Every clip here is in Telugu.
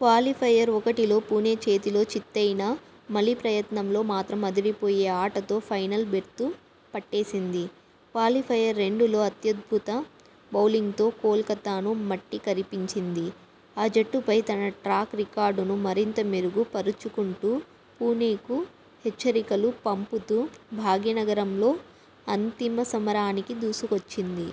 క్వాలిఫయర్ ఒకటిలో పుణె చేతిలో చిత్తయినా మలి ప్రయత్నంలో మాత్రం అదిరిపోయే ఆటతో ఫైనల్ బెర్తు పట్టేసింది! క్వాలిఫయర్ రెండులో అత్యద్భుత బౌలింగ్తో కోల్కతాను మట్టికరిపించింది. ఆ జట్టుపై తన ట్రాక్ రికార్డును మరింత మెరుగు పరుచుకుంటూ పుణెకు హెచ్చరికలు పంపుతూ భాగ్యనగరంలో అంతిమ సమరానికి దూసుకొచ్చింది.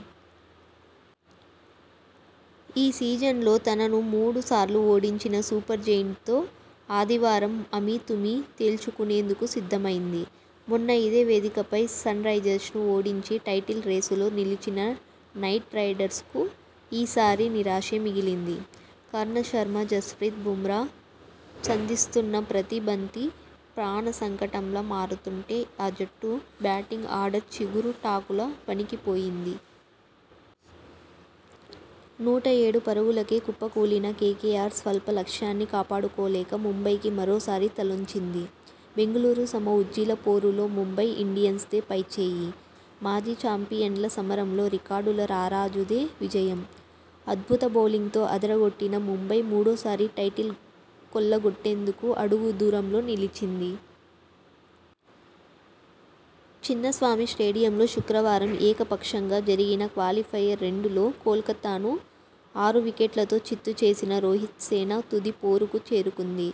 ఈ సీజన్లో తనను మూడు సార్లు ఓడించిన సూపర్జెయింట్తో ఆదివారం అమీతుమీ తేల్చుకునేందుకు సిద్ధమైంది. మొన్న ఇదే వేదికపై సన్రైజర్స్ను ఓడించి టైటిల్ రేసులో నిలిచిన నైట్ రైడర్స్కు ఈ సారి నిరాశే మిగిలింది. కర్ణ్ శర్మ, జస్ప్రీత్ బుమ్రా సంధిస్తున్న ప్రతీ బంతి ప్రాణ సంకటంలా మారుతుంటే ఆ జట్టు బ్యాటింగ్ ఆర్డర్ చిగురుటాకులా వణికిపోయింది. నూట ఏడు పరుగులకే కుప్ప కూలిన కేకేఆర్ స్వల్ప లక్ష్యాన్ని కాపాడుకోలేక ముంబైకి మరోసారి తలొంచింది. బెంగళూరు సమ ఉజ్జీల పోరులో ముంబై ఇండియన్స్దే పైచేయి. మాజీ చాంపియన్ల సమరంలో రికార్డుల రారాజుదే విజయం. అద్భుత బౌలింగ్తో అదరగొట్టిన ముంబై, మూడోసారి టైటిల్ కొల్లగొట్టేందుకు అడుగు దూరంలో నిలిచింది. చిన్నస్వామి స్టేడియంలో శుక్రవారం ఏక పక్షంగా జరిగిన క్వాలిఫయర్ రెండు లో కోల్కతాను ఆరు వికెట్లతో చిత్తు చేసిన రోహిత్సేన తుది పోరుకు చేరుకుంది.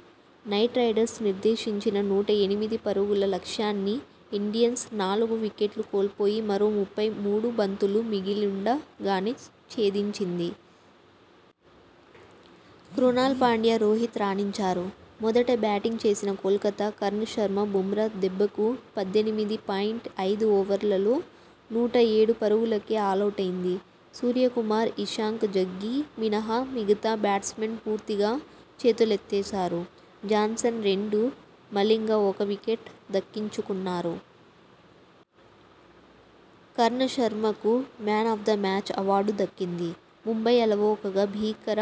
నైట్ రైడర్స్ నిర్దేశించిన నూట ఎనిమిది పరుగుల లక్ష్యాన్ని ఇండియన్స్ నాలుగు వికెట్లు కోల్పోయి మరో ముప్పై మూడు బంతులు మిగిలుండ గానే ఛేదించింది. క్రునాల్ పాండ్యా, రోహిత్ రాణించారు. మొదట బ్యాటింగ్ చేసిన కోల్కతా, కర్ణ్ శర్మ, బుమ్రా దెబ్బకు పద్దెనిమిది పాయింట్ ఐదు ఓవర్లలో నూట ఏడు పరుగులకే ఆలౌటైంది. సూర్యకుమార్, ఇషాంక్ జగ్గీ మినహా మిగతా బ్యాట్స్మెన్ పూర్తిగా చేతులెత్తేశారు. జాన్సన్ రెండు, మలింగ ఒక వికెట్ దక్కించుకున్నారు. కర్ణ్ శర్మకు 'man of the match' award దక్కింది. ముంబై అలవోకగా, భీకర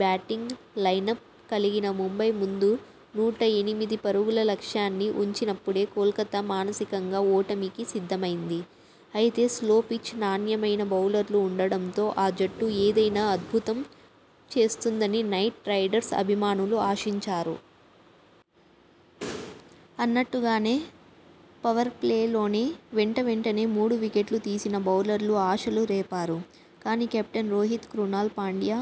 బ్యాటింగ్ లైనప్ కలిగిన ముంబై ముందు నూట ఎనిమిది పరుగుల లక్ష్యాన్ని ఉంచినప్పుడే కోల్కతా మానసికంగా ఓటమికి సిద్ధమైంది. అయితే, స్లో పిచ్, నాణ్యమైన బౌలర్లు ఉండడంతో ఆ జట్టు ఏదైనా అద్భుతం చేస్తుందని నైట్ రైడర్స్ అభిమానులు ఆశించారు. అన్నట్టుగానే, పవర్ప్లేలోనే వెంట వెంటనే మూడు వికెట్లు తీసిన బౌలర్లు ఆశలు రేపారు. కానీ, కెప్టెన్ రోహిత్, క్రునాల్ పాండ్యా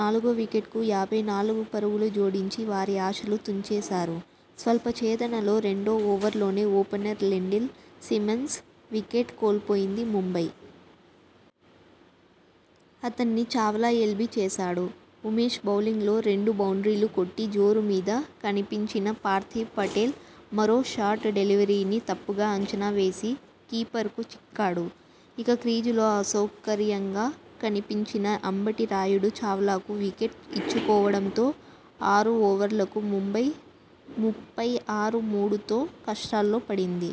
నాలుగో వికెట్కు యాభై నాలుగు పరుగులు జోడించి వారి ఆశలు తుంచేశారు. స్వల్ప ఛేదనలో రెండో ఓవర్లోనే ఓపెనర్ లెండిల్ సిమన్స్ వికెట్ కోల్పోయింది ముంబై. అతణ్ణి చావ్లా ఎల్బీ చేశాడు. ఉమేష్ బౌలింగ్లో రెండు బౌండ్రీలు కొట్టి జోరు మీద కనిపించిన పార్థివ్ పటేల్ మరో షార్ట్ డెలివరీని తప్పుగా అంచనా వేసి కీపర్కు చిక్కాడు. ఇక, క్రీజులో అసౌకర్యంగా కనిపించిన అంబటి రాయుడు చావ్లాకు వికెట్ ఇచ్చుకోవడంతో ఆరు ఓవర్లకు ముంబై ముప్పై ఆరు ,మూడుతో కష్టాల్లో పడింది.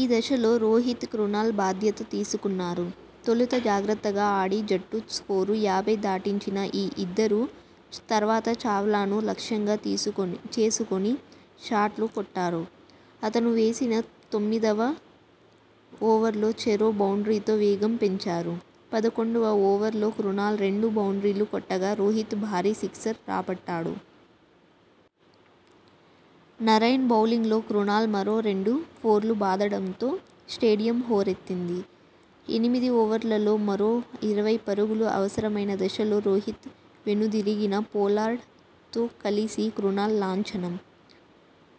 ఈ దశలో రోహిత్, క్రునాల్ బాధ్యత తీసుకున్నారు. తొలుత జాగ్రత్తగా ఆడి జట్టు స్కోరు యాభై దాటించిన ఈ ఇద్దరూ తర్వాత చావ్లాను లక్ష్యంగా తీసుకొని చేసుకొని షాట్లు కొట్టారు. అతను వేసిన తొమ్మిదివ ఓవర్లో చెరో బౌండ్రీతో వేగం పెంచారు. పదకొండువ ఓవర్లో క్రునాల్ రెండు బౌండ్రీలు కొట్టగా రోహిత్ భారీ సిక్సర్ రాబట్టాడు. నరైన్ బౌలింగ్లో క్రునాల్ మరో రెండు ఫోర్లు బాదడంతో స్టేడియం హోరెత్తింది. ఎనిమిది ఓవర్లలో మరో ఇరవై పరుగులు అవసరమైన దశలో రోహిత్ వెనుదిరిగినా పొలార్డ్ తో కలిసి క్రునాల్ లాంఛనం